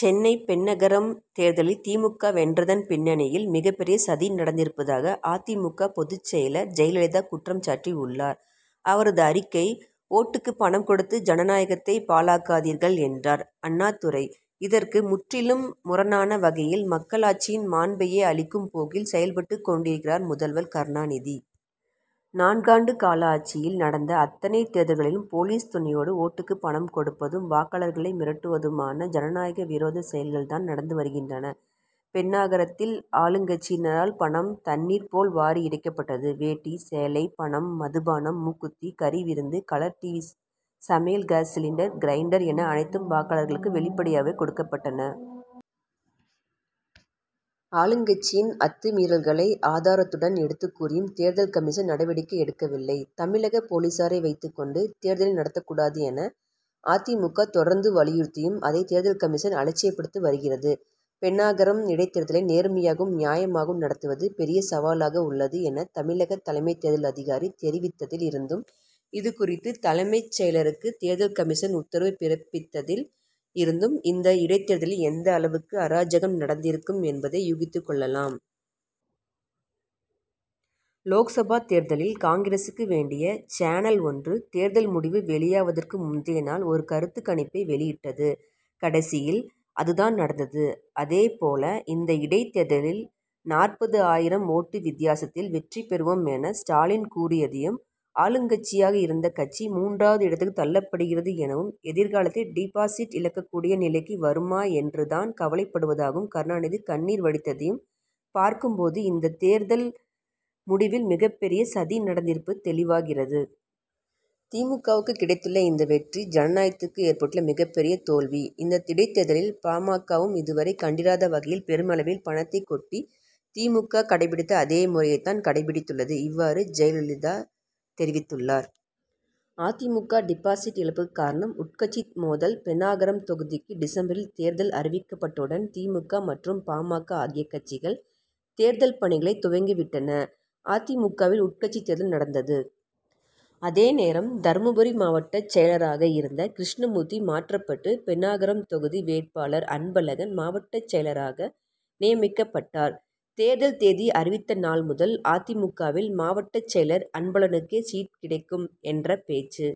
சென்னை பென்னகரம் தேர்தலில் தி. மு. க. வென்றதன் பின்னணியில் மிகப் பெரிய சதி நடந்திருப்பதாக அ. தி. மு. க. பொதுச் செயலர் ஜெயலலிதா குற்றம்சாட்டி உள்ளார். அவரது அறிக்கை:ஓட்டுக்கு பணம் கொடுத்து ஜனநாயகத்தை பாழாக்காதீர்கள் என்றார் அண்ணாதுரை. இதற்கு முற்றிலும் முரணான வகையில் மக்களாட்சியின் மாண்பையே அழிக்கும் போக்கில் செயல்பட்டுக் கொண்டிருக்கிறார் முதல்வர் கருணாநிதி. நான்காண்டு கால ஆட்சியில் நடந்த அத்தனை தேர்தல்களிலும் போலீஸ் துணையோடு ஓட்டுக்கு பணம் கொடுப்பதும் வாக்காளர்களை மிரட்டுவதுமான ஜனநாயக விரோதச் செயல்கள் தான் நடந்து வருகின்றன. பென்னாகரத்தில் ஆளுங்கட்சியினரால் பணம் தண்ணீர் போல வாரி இறைக்கப்பட்டது. வேட்டி, சேலை, பணம், மதுபானம், மூக்குத்தி, கறி விருந்து, கலர் டிவி சமையல் காஸ் சிலிண்டர் கிரைண்டர் என அனைத்தும் வாக்காளர்களுக்கு வெளிப்படையாகவே கொடுக்கப்பட்டன. ஆளுங்கட்சியின் அத்துமீறல்களை ஆதாரத்துடன் எடுத்துக் கூறியும் தேர்தல் கமிஷன் நடவடிக்கை எடுக்கவில்லை. தமிழக போலீசாரை வைத்துக்கொண்டு தேர்தலை நடத்தக் கூடாது என அ. தி. மு. க தொடர்ந்து வலியுறுத்தியும் அதை தேர்தல் கமிஷன் அலட்சியப்படுத்தி வருகிறது. பென்னாகரம் இடைத்தேர்தலை நேர்மையாகவும் நியாயமாகவும் நடத்துவது பெரிய சவாலாக உள்ளது என தமிழகத் தலைமைத் தேர்தல் அதிகாரி தெரிவித்ததில் இருந்தும் இதுகுறித்து தலைமைச் செயலருக்கு தேர்தல் கமிஷன் உத்தரவு பிறப்பித்ததில் இருந்தும் இந்த இடைத்தேர்தலில் எந்த அளவுக்கு அராஜகம் நடந்திருக்கும் என்பதை யூகித்துக் கொள்ளலாம். லோக்சபா தேர்தலில் காங்கிரசுக்கு வேண்டிய சேனல் ஒன்று தேர்தல் முடிவு வெளியாவதற்கு முந்தைய நாள் ஒரு கருத்துக் கணிப்பை வெளியிட்டது. கடைசியில் அது தான் நடந்தது. அதே போல இந்த இடைத்தேர்தலில் நாற்பது ஆயிரம் ஓட்டு வித்தியாசத்தில் வெற்றி பெறுவோம் என ஸ்டாலின் கூறியதையும் ஆளுங்கட்சியாக இருந்த கட்சி மூன்றாவது இடத்துக்கு தள்ளப்படுகிறது எனவும் எதிர்காலத்தில் டிபாசிட் இழக்கக்கூடிய நிலைக்கு வருமா என்று தான் கவலைப்படுவதாகவும் கருணாநிதி கண்ணீர் வடித்ததையும் பார்க்கும் போது இந்தத் தேர்தல் முடிவில் மிகப் பெரிய சதி நடந்திருப்பது தெளிவாகிறது. தி. மு. க.வுக்கு கிடைத்துள்ள இந்த வெற்றி ஜனநாயகத்துக்கு ஏற்பட்டுள்ள மிகப் பெரிய தோல்வி. இந்த இடைத்தேர்தலில் பா. ம. க.வும் இதுவரை கண்டிராத வகையில் பெருமளவில் பணத்தைக் கொட்டி தி. மு. க. கடைபிடித்த அதே முறையைத் தான் கடைபிடித்துள்ளது. இவ்வாறு ஜெயலலிதா தெரிவித்துள்ளார். அ. தி. மு. க. டிபாசிட் இழப்புக்கு காரணம் உட்கட்சி மோதல் பென்னாகரம் தொகுதிக்கு டிசம்பரில் தேர்தல் அறிவிக்கப்பட்டவுடன் தி. மு. க. மற்றும் பா. ம. க. ஆகிய கட்சிகள் தேர்தல் பணிகளை துவங்கி விட்டன. அ. தி. மு. க.வில் உட்கட்சி தேர்தல் நடந்தது. அதே நேரம் தர்மபுரி மாவட்ட செயலராக இருந்த கிருஷ்ணமூர்த்தி மாற்றப்பட்டு பென்னாகரம் தொகுதி வேட்பாளர் அன்பழகன் மாவட்டச் செயலராக நியமிக்கப்பட்டார். தேர்தல் தேதி அறிவித்த நாள் முதல் அ. தி. மு. க.வில் மாவட்ட செயலர் அன்பழகனுக்கே சீட் கிடைக்கும் என்ற பேச்சு